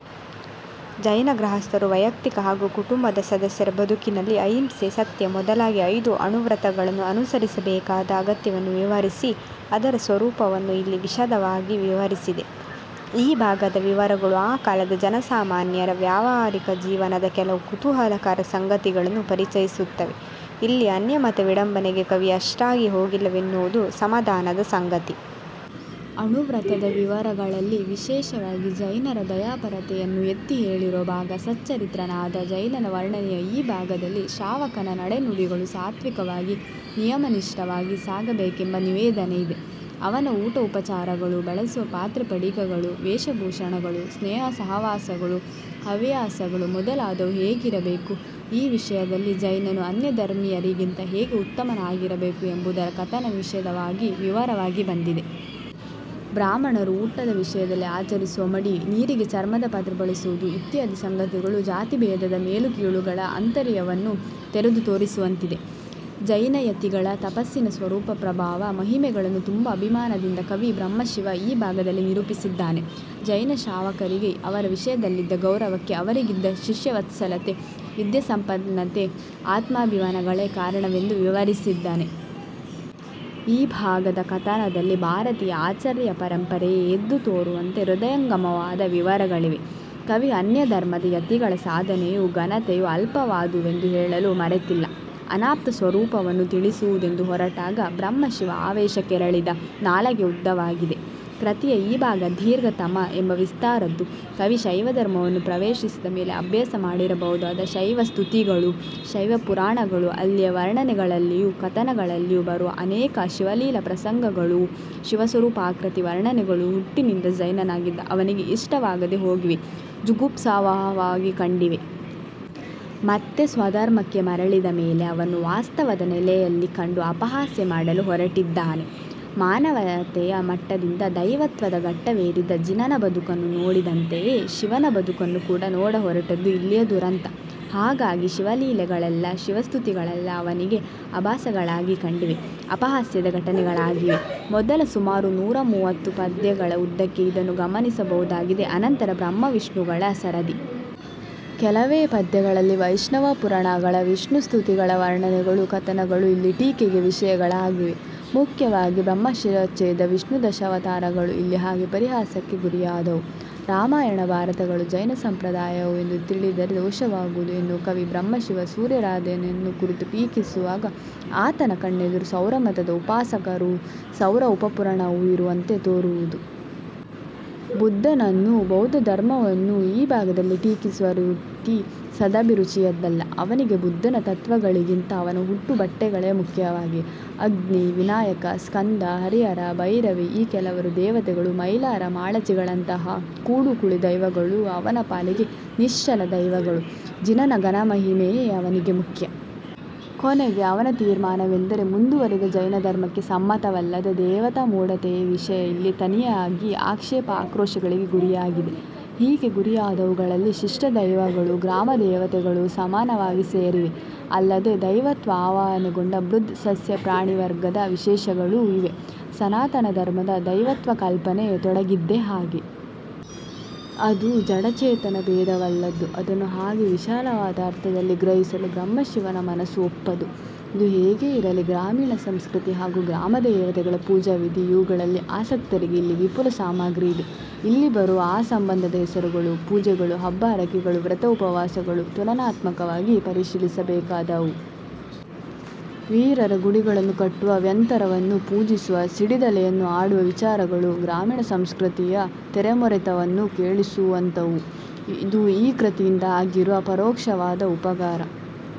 ಜೈನ ಗೃಹಸ್ಥರು ವೈಯಕ್ತಿಕ ಹಾಗೂ ಕುಟುಂಬದ ಸದಸ್ಯರ ಬದುಕಿನಲ್ಲಿ ಅಹಿಂಸೆ ಸತ್ಯ ಮೊದಲಾಗಿ ಐದು ಅಣುವ್ರತಗಳನ್ನು ಅನುಸರಿಸಬೇಕಾದ ಅಗತ್ಯವನ್ನು ವಿವರಿಸಿ, ಅದರ ಸ್ವರೂಪವನ್ನು ಇಲ್ಲಿ ವಿಶದವಾಗಿ ವಿವರಿಸಿದೆ. ಈ ಭಾಗದ ವಿವರಗಳು ಆ ಕಾಲದ ಜನಸಾಮಾನ್ಯರ ವ್ಯಾವಹಾರಿಕಜೀವನದ ಕೆಲವು ಕುತೂಹಲಕರ ಸಂಗತಿಗಳನ್ನು ಪರಿಚಯಿಸುತ್ತವೆ. ಇಲ್ಲಿ ಅನ್ಯಮತ ವಿಡಂಬನೆಗೆ ಕವಿ ಅಷ್ಟಾಗಿ ಹೋಗಿಲ್ಲವೆನ್ನುವುದು ಸಮಾಧಾನದ ಸಂಗತಿ. ಅಣುವ್ರತದ ವಿವರಗಳಲ್ಲಿ ವಿಶೇಷವಾಗಿ ಜೈನರ ದಯಾಪರತೆಯನ್ನು ಎತ್ತಿಹೇಳಿರುವ ಭಾಗ ಸಚ್ಚರಿತ್ರನಾದ ಜೈನನ ವರ್ಣನೆಯ ಈ ಭಾಗದಲ್ಲಿ ಶ್ರಾವಕನ ನಡೆ ನುಡಿಗಳು ಸಾತ್ವಿಕವಾಗಿ, ನಿಯಮನಿಷ್ಠವಾಗಿ ಸಾಗಬೇಕೆಂಬ ನಿವೇದನೆಯಿದೆ. ಅವನ ಊಟ ಉಪಚಾರಗಳು, ಬಳಸುವ ಪಾತ್ರೆ ಪಡಿಗಗಳು, ವೇಷ ಭೂಷಣಗಳು, ಸ್ನೇಹ ಸಹವಾಸಗಳು, ಹವ್ಯಾಸಗಳು ಮೊದಲಾದವು ಹೇಗಿರಬೇಕು, ಈ ವಿಷಯದಲ್ಲಿ ಜೈನನು ಆನ್ಯಧರ್ಮಿಯರಿಗಿಂತ ಹೇಗೆ ಉತ್ತಮನಾಗಿರಬೇಕು ಎಂಬುದರ ಕಥನ ವಿಶದವಾಗಿ, ವಿವರವಾಗಿ ಬಂದಿದೆ. ಬ್ರಾಹ್ಮಣರು ಊಟದ ವಿಷಯದಲ್ಲಿ ಆಚರಿಸುವ ಮಡಿ, ನೀರಿಗೆ ಚರ್ಮದ ಪಾತ್ರೆ ಬಳಸುವುದು ಇತ್ಯಾದಿ ಸಂಗತಿಗಳು ಜಾತಿಭೇದದ ಮೇಲುಕೀಳುಗಳ ಅಂತರ್ಯವನ್ನು ತೆರೆದು ತೋರಿಸುವಂತಿದೆ. ಜೈನಯತಿಗಳ ತಪಸ್ಸಿನ ಸ್ವರೂಪ ಪ್ರಭಾವ ಮಹಿಮೆಗಳನ್ನು ತುಂಬಾ ಅಭಿಮಾನದಿಂದ ಕವಿ ಬ್ರಹ್ಮಶಿವ ಈ ಭಾಗದಲ್ಲಿ ನಿರೂಪಿಸಿದ್ದಾನೆ. ಜೈನಶ್ರಾವಕರಿಗೆ ಅವರ ವಿಷಯದಲ್ಲಿದ್ದ ಗೌರವಕ್ಕೆ ಅವರಿಗಿದ್ದ ಶಿಷ್ಯವತ್ಸಲತೆ ವಿದ್ಯಾಸಂಪನ್ನತೆ ಆತ್ಮಾಭಿಮಾನಗಳೇ ಕಾರಣವೆಂದು ವಿವರಿಸಿದ್ದಾನೆ. ಈ ಭಾಗದ ಕಥನದಲ್ಲಿ ಭಾರತೀಯ ಆಚಾರ್ಯಪರಂಪರೆಯೇ ಎದ್ದುತೋರುವಂತೆ ಹೃದಯಂಗಮವಾದ ವಿವರಗಳಿವೆ. ಕವಿ ಅನ್ಯಧರ್ಮದ ಯತಿಗಳ ಸಾಧನೆಯೂ ಘನತೆಯೂ ಅಲ್ಪವಾದುವೆಂದು ಹೇಳಲು ಮರೆತಿಲ್ಲ. ಆನಾಪ್ತಸ್ವರೂಪವನ್ನು ತಿಳಿಸುವುದೆಂದು ಹೊರಟಾಗ ಬ್ರಹ್ಮಶಿವ ಆವೇಶ ಕೆರಳಿದೆ, ನಾಲಗೆ ಉದ್ದವಾಗಿದೆ. ಕೃತಿಯ ಈ ಭಾಗ ದೀರ್ಘತಮ ಎಂಬ ವಿಸ್ತಾರದ್ದು, ಕವಿ ಶೈವಧರ್ಮವನ್ನು ಪ್ರವೇಶಿಸಿದ ಮೇಲೆ ಅಭ್ಯಾಸ ಮಾಡಿರಬಹುದಾದ ಶೈವಸ್ತುತಿಗಳೂ ಶೈವಪುರಾಣಗಳೂ, ಅಲ್ಲಿಯ ವರ್ಣನೆಗಳಲ್ಲಿಯೂ ಕಥನಗಳಲ್ಲಿಯೂ ಬರುವ ಅನೇಕ ಶಿವಲೀಲಾಪ್ರಸಂಗಗಳೂ ಶಿವಸ್ವರೂಪಾಕೃತಿ ವರ್ಣನೆಗಳೂ ಹುಟ್ಟಿನಿಂದ ಜೈನನಾಗಿದ್ದ ಅವನಿಗೆ ಇಷ್ಟವಾಗದೆಹೋಗಿವೆ, ಜುಗುಪ್ಸಾವಹವಾಗಿ ಕಂಡಿವೆ. ಮತ್ತೆ ಸ್ವಧರ್ಮಕ್ಕೆ ಮರಳಿದ ಮೇಲೆ ಅವನ್ನು ವಾಸ್ತವದ ನೆಲೆಯಲ್ಲಿ ಕಂಡು ಅಪಹಾಸ್ಯಮಾಡಲು ಹೊರಟಿದ್ದಾನೆ. ಮಾನವತೆಯ ಮಟ್ಟದಿಂದ ದೈವತ್ವದ ಘಟ್ಟವೇರಿದ ಜಿನನ ಬದುಕನ್ನು ನೋಡಿದಂತೆಯೇ ಶಿವನ ಬದುಕನ್ನು ಕೂಡ ನೋಡಹೊರಟದ್ದು ಇಲ್ಲಿಯ ದುರಂತ. ಹಾಗಾಗಿ ಶಿವಲೀಲೆಗಳೆಲ್ಲ, ಶಿವಸ್ತುತಿಗಳೆಲ್ಲ ಅವನಿಗೆ ಅಭಾಸಗಳಾಗಿ ಕಂಡಿವೆ, ಅಪಹಾಸ್ಯದ ಘಟನೆಗಳಾಗಿವೆ. ಮೊದಲ ಸುಮಾರು ನೂರ ಮೂವತ್ತು ಪದ್ಯಗಳ ಉದ್ದಕ್ಕೆ ಇದನ್ನು ಗಮನಿಸಬಹುದಾಗಿದೆ ಅನಂತರ ಬ್ರಹ್ಮ ವಿಷ್ಣುಗಳ ಸರದಿ. ಕೆಲವೇ ಪದ್ಯಗಳಲ್ಲಿ ವೈಷ್ಣವಪುರಾಣಗಳ, ವಿಷ್ಣುಸ್ತುತಿಗಳ ವರ್ಣನೆಗಳೂ ಕಥನಗಳೂ ಇಲ್ಲಿ ಟೀಕೆಗೆ ವಿಷಯಗಳಾಗಿವೆ. ಮುಖ್ಯವಾಗಿ ಬ್ರಹ್ಮ ಶಿರಚ್ಛೇದ, ವಿಷ್ಣುದಶಾವತಾರಗಳು, ಇಲ್ಲಿ ಹಾಗೆ ಪರಿಹಾಸಕ್ಕೆ ಗುರಿಯಾದವು. ರಾಮಾಯಣ ಭಾರತಗಳು ಜೈನ ಸಂಪ್ರದಾಯವು ಎಂದು ತಿಳಿದರೆ ದೋಷವಾಗುವುದು ಎನ್ನುವ ಕವಿ ಬ್ರಹ್ಮಶಿವ ಸೂರ್ಯಾರಾಧನೆಯನ್ನು ಕುರಿತು ಟೀಕಿಸುವಾಗ, ಆತನ ಕಣ್ಣೆದುರು ಸೌರಮತದ ಉಪಾಸಕರೂ ಸೌರ ಉಪಪುರಾಣವೂ ಇರುವಂತೆ ತೋರುವುದು. ಬುದ್ಧನನ್ನೂ ಬೌದ್ಧಧರ್ಮವನ್ನೂ ಈ ಭಾಗದಲ್ಲಿ ಟೀಕಿಸುವ ರೀತಿ ಸದಭಿರುಚಿಯದಲ್ಲ. ಅವನಿಗೆ ಬುದ್ಧನ ತತ್ತ್ವಗಳಿಗಿಂತ ಅವನ ಹುಟ್ಟು ಬಟ್ಟೆಗಳೇ ಮುಖ್ಯವಾಗಿವೆ. ಅಗ್ನಿ, ವಿನಾಯಕ, ಸ್ಕಂದ, ಹರಿಹರ, ಭೈರವಿ ಈ ಕೆಲವರು ದೇವತೆಗಳೂ ಮೈಲಾರ ಮಾಳಚಿಗಳಂತಹ ಕೂಡುಕುಳಿ ದೈವಗಳೂ ಅವನ ಪಾಲಿಗೆ ನಿಷ್ಫಲ ದೈವಗಳು. ಜಿನನ ಘನಮಹಿಮೆಯೇ ಅವನಿಗೆ ಮುಖ್ಯ. ಕೊನೆಗೆ ಅವನ ತೀರ್ಮಾನವೆಂದರೆ: ಮುಂದುವರಿದ, ಜೈನಧರ್ಮಕ್ಕೆ ಸಮ್ಮತವಲ್ಲದ ದೇವತಾ ಮೂಢತೆಯ ವಿಷಯ ಇಲ್ಲಿ ತನಿಯಾಗಿ ಆಕ್ಷೇಪ ಆಕ್ರೋಶಗಳಿಗೆ ಗುರಿಯಾಗಿದೆ. ಹೀಗೆ ಗುರಿ ಯಾದವುಗಳಲ್ಲಿ ಶಿಷ್ಟದೈವಗಳೂ ಗ್ರಾಮದೇವತೆಗಳೂ ಸಮಾನವಾಗಿ ಸೇರಿವೆ. ಅಲ್ಲದೆ ದೈವತ್ವ ಆವಾಹನೆಗೊಂಡ ಮೃದ್ – ಸಸ್ಯ – ಪ್ರಾಣಿವರ್ಗದ ವಿಶೇಷಗಳೂ ಇವೆ. ಸನಾತನಧರ್ಮದ ದೈವತ್ವಕಲ್ಪನೆ ತೊಡಗಿದ್ದೇ ಹಾಗೆ. ಅದು ಜಡ ಚೇತನ ಭೇದವಿಲ್ಲದ್ದು. ಅದನ್ನು ಹಾಗೆ ವಿಶಾಲವಾದ ಅರ್ಥದಲ್ಲಿ ಗ್ರಹಿಸಲು ಬ್ರಹ್ಮಶಿವನ ಮನಸ್ಸು ಒಪ್ಪದು. ಇದು ಹೇಗೆ ಇರಲಿ, ಗ್ರಾಮೀಣ ಸಂಸ್ಕೃತಿ ಹಾಗೂ ಗ್ರಾಮದೇವತೆಗಳ ಪೂಜಾವಿಧಿ ಇವುಗಳಲ್ಲಿ ಆಸಕ್ತರಿಗೆ ಇಲ್ಲಿ ವಿಪುಲ ಸಾಮಗ್ರಿಯಿದೆ. ಇಲ್ಲಿ ಬರುವ ಆ ಸಂಬಂಧದ ಹೆಸರುಗಳು, ಪೂಜೆಗಳು, ಹಬ್ಬ ಹರಕೆಗಳು, ವ್ರತ ಉಪವಾಸಗಳು ತುಲನಾತ್ಮಕವಾಗಿ ಪರಿಶೀಲಿಸಬೇಕಾದವು. ವೀರರ ಗುಡಿಗಳನ್ನು ಕಟ್ಟುವ, ವ್ಯಂತರವನ್ನು ಪೂಜಿಸುವ, ಸಿಡಿದಲೆಯನ್ನು ಆಡುವ ವಿಚಾರಗಳು ಗ್ರಾಮೀಣಸಂಸ್ಕೃತಿಯ ತೆರೆಮೊರೆತವನ್ನು ಕೇಳುಸುವಂಥವು. ಇದು ಈ ಕೃತಿಯಿಂದ ಆಗಿರುವ ಪರೋಕ್ಷವಾದ ಉಪಕಾರ.